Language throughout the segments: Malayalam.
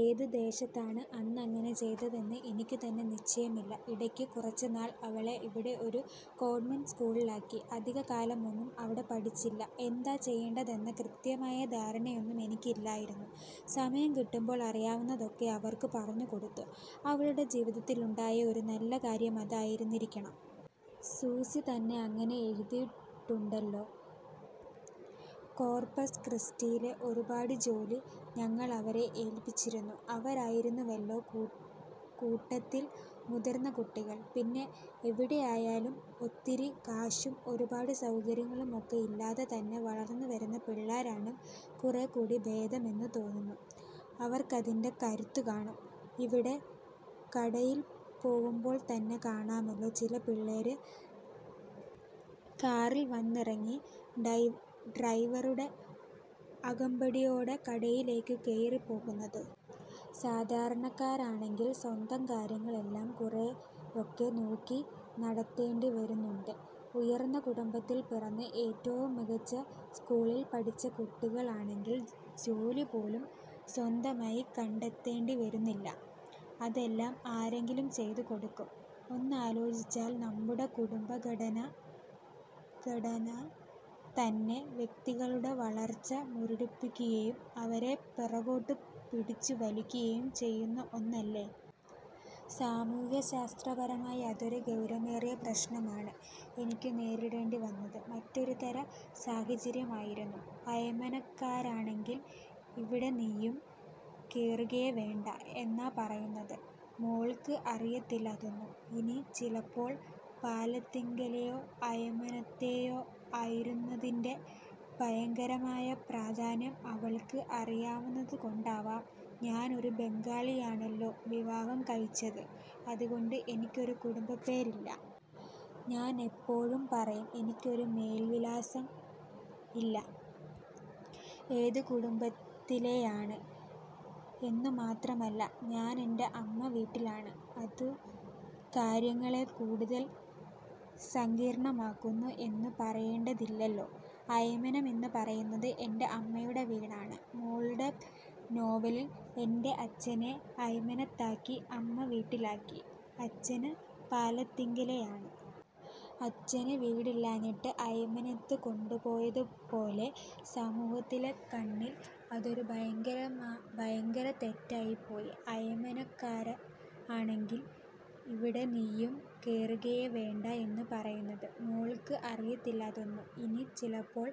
എന്തുദ്ദേശത്തിലാണ് അന്ന് അങ്ങനെ ചെയ്തതെന്ന് എനിക്കുതന്നെ നിശ്ചയമില്ല. ഇടയ്ക്ക് കുറച്ചുനാള് അവളെ ഇവിടെ ഒരു കോണ്വെന്റ് സ്കൂളിലാക്കി. അധികകാലമൊന്നും അവിടെ പഠിച്ചില്ല. എന്താ ചെയ്യേണ്ടതെന്ന കൃത്യമായ ധാരണയൊന്നും എനിക്കും ഇല്ലായിരുന്നു. സമയം കിട്ടുമ്പോള് അറിയാവുന്നതൊക്കെ അവര്ക്കു പറഞ്ഞുകൊടുത്തു. അവരുടെ ജീവിതത്തിലുണ്ടായ ഒരു നല്ല കാര്യം അതായിരുന്നിരിക്കണം. സൂസി തന്നെ അങ്ങനെ എഴുതിയിട്ടുണ്ടല്ലോ. കോര്പ്പസ്ക്രിസ്റ്റിയിലെ ഒരുപാട് ജോലി ഞങ്ങള് അവരെ ഏല്പിച്ചിരുന്നു. അവരായിരുന്നുവല്ലോ കൂട്ടത്തില് മുതിര്ന്ന കുട്ടികള്. പിന്നെ എവിടെയായാലും ഒത്തിരി കാശും ഒരുപാട് സൗകര്യങ്ങളും ഒക്കെ ഇല്ലാതെ തന്നെ വളര്ന്നുവരുന്ന പിള്ളേരാണ് കുറേക്കൂടി ഭേദം എന്നു തോന്നുന്നു. അവര്ക്കതിന്റെ കരുത്ത് കാണും. ഇവിടെ കടയില് പോകുമ്പോള് തന്നെ കാണാമല്ലോ ചില പിള്ളേര് കാറില് വന്നിറങ്ങി ഡ്രൈവറുടെ അകമ്പടിയോടെ കടയിലേക്കു കയറിപ്പോകുന്നത്. സാധാരണക്കാര്ക്കാണെങ്കില് സ്വന്തം കാര്യങ്ങളെങ്കിലും കുറേയൊക്കെ നോക്കി നടത്തേണ്ടിവരുന്നുണ്ട്. 'ഉയര്ന്ന' കുടുംബത്തില് പിറന്ന് ഏറ്റവും മികച്ച സ്കൂളുകളില് പഠിച്ച കുട്ടികള്ക്കാണെങ്കില് ജോലിപോലും സ്വന്തമായി കണ്ടെത്തേണ്ടി വരുന്നില്ല. അതെല്ലാം ആരെങ്കിലും ചെയ്തുകൊടുക്കും. ഒന്നാലോചിച്ചാല്, നമ്മുടെ കുടുംബഘടന തന്നെ വ്യക്തികളുടെ വളര്ച്ച മുരടിപ്പിക്കുകയും അവരെ പിറകോട്ടു പിടിച്ചു വലിക്കുകയും ചെയ്യുന്ന ഒന്നല്ലേ? സാമൂഹ്യശാസ്ത്രപരമായി അതൊരു ഗൗരവമേറിയ പ്രശ്നമാണ്. എനിക്കു നേരിടേണ്ടിവന്നത് മറ്റൊരുതരം സാഹചര്യമായിരുന്നു. 'അയ്മനം'കാരാണെങ്കില് ''ഇവിടിനിയും കേറുകയേ വേണ്ട'' എന്നാ പറയുന്നത്. മോള്ക്ക് അറിയത്തില്ല അതൊന്നും. ഇനി ചിലപ്പോള് 'പാലത്തിങ്കലെ'യോ 'അയ്മന'ത്തെയോ ആയിരിക്കുന്നതിന്റെ 'ഭയങ്കരമായ' പ്രാധാന്യം അവള്ക്ക് അറിയാവുന്നതുകൊണ്ടുമാവാം ഞാനൊരു ബംഗാളിയെയാണല്ലോ വിവാഹം കഴിച്ചത്. അതുകൊണ്ട് എനിക്കൊരു കുടംബപ്പേര് ഇല്ല. ഞാനെപ്പോഴും പറയും ''എനിക്കൊരു മേല്വിലാസം ഇല്ല. '' ഏതു കുടുംബത്തിലേയാണ്? എന്നു മാത്രമല്ല, ഞാനെന്റെ അമ്മ വീട്ടിലാണ്. അതു കാര്യങ്ങളെ കൂടുതല് സങ്കീര്ണ്ണമാക്കുന്നു എന്നു പറയേണ്ടതില്ലല്ലോ. 'അയ്മനം' എന്നു പറയുന്നത് എന്റെ അമ്മയുടെ വീടാണ്. മോളുടെ നോവലില് എന്റെ അച്ഛനെ അയ്മനത്താക്കി അമ്മവീട്ടിലാക്കി. അച്ഛന് പാലത്തിങ്കലേയാണ്. അച്ഛനു വീടില്ലാഞ്ഞിട്ട് അയ്മനത്തില് കൊണ്ടുപോയതുപോലെ. സമൂഹത്തിന്റെ കണ്ണില് അതൊരു ഭയങ്കര തെറ്റായിപ്പോയി. 'അയ്മനം'കാരാണെങ്കില് ''ഇവിടിനിയും കേറുകയേ വേണ്ട'' എന്നാ പറയുന്നത്. മോള്ക്ക് അറിയത്തില്ല അതൊന്നും. ഇനി ചിലപ്പോള്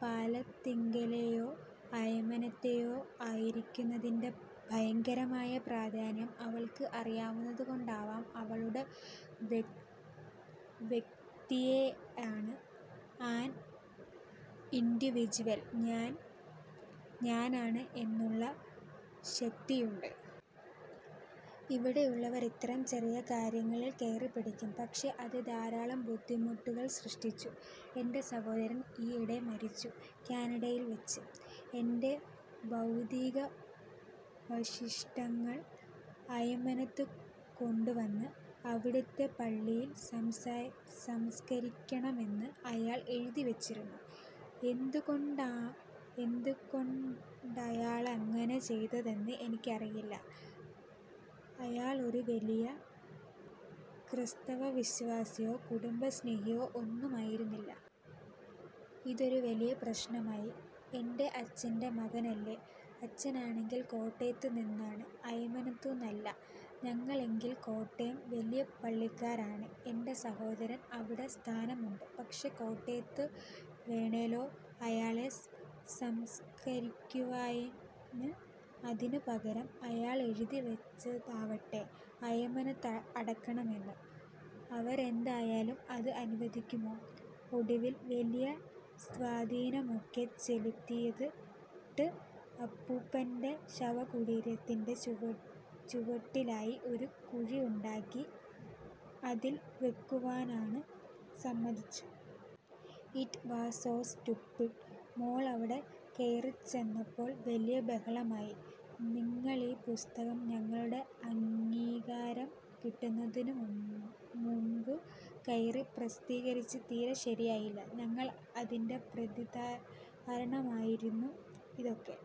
'പാലത്തിങ്കലെ'യോ 'അയ്മന'ത്തെയോ ആയിരിക്കുന്നതിന്റെ 'ഭയങ്കരമായ' പ്രാധാന്യം അവള്ക്ക് അറിയാവുന്നതുകൊണ്ടുമാവാം. അവളൊരു വ്യക്തിയാണ്, ആന് ഇന്ഡിവിഡുവല്. ഞാന് ഞാനാണ് എന്നുള്ള ശക്തിയുണ്ട്. ഇവിടെയുള്ളവര് ഇത്തരം ചെറിയ കാര്യങ്ങളില് കയറിപ്പിടിക്കും. പക്ഷേ, അത് ധാരാളം ബുദ്ധിമുട്ടുകള് സൃഷ്ടിച്ചു. എന്റെ സഹോദരന് ഈയിടെ മരിച്ചു. കാനഡയില്വെച്ച്. 'എന്റെ ഭൗതികാവശിഷ്ടങ്ങള് അയ്മനത്തുകൊണ്ടുവന്ന് അവിടുത്തെ പള്ളിയില് സംസ്കരിക്കണമെന്ന്' അയാള് എഴുതിവെച്ചിരുന്നു. എന്തുകൊണ്ടാണയാളങ്ങനെ ചെയ്തതെന്ന് എനിക്കറിയില്ല. അയാളൊരു വലിയ ക്രൈസ്തവ വിശ്വാസിയോ 'കുടുംബ സ്നേഹിയോ' ഒന്നും ആയിരുന്നില്ല. ഇതൊരു വലിയ പ്രശ്നമായി. എന്റെ അച്ഛന്റെ മകനല്ലേ? അച്ഛനാണെങ്കില് കോട്ടയത്തു നിന്നാണ്, അയ്മനത്തൂന്നല്ല. ഞങ്ങളാണെങ്കില് കോട്ടയം വലിയ പള്ളിക്കാരാണ്. എന്റെ സഹോദരന് അവിടെ സ്ഥാനമുണ്ട്. പക്ഷേ, കോട്ടയത്തു വേണല്ലോ അയാളെ സംസ്കരിക്കുവാന്. അതിനു പകരം അയാളെഴുതി വെച്ചതാവട്ടെ അയ്മനത്ത് അടക്കണമെന്നും! അവരെന്തായാലും അത് അനുവദിക്കുമോ? ഒടുവില് വലിയ സ്വാധീനമൊക്കെ ചെലുത്തിയിട്ട് അപ്പൂപ്പന്റെ ശവകുടീരത്തിന്റെ ചുവട്ടിലായി ഒരു കുഴിയുണ്ടാക്കി അതില് വെക്കുവാന് സമ്മതിച്ചു. It was so stupid. മോള് അവിടെ കയറിച്ചെന്നപ്പോള് വലിയ ബഹളമായി. ''നിങ്ങളീ പുസ്തകം ഞങ്ങളുടെ അംഗീകാരം കിട്ടുന്നതിനു മുന്പു കയറി പ്രസിദ്ധീകരിച്ചത് തീരെ ശരിയായില്ല. ഞങ്ങള്ക്ക് അതിന്റെ പ്രതി തരണമായിരുന്നു''- എന്നൊക്കെ.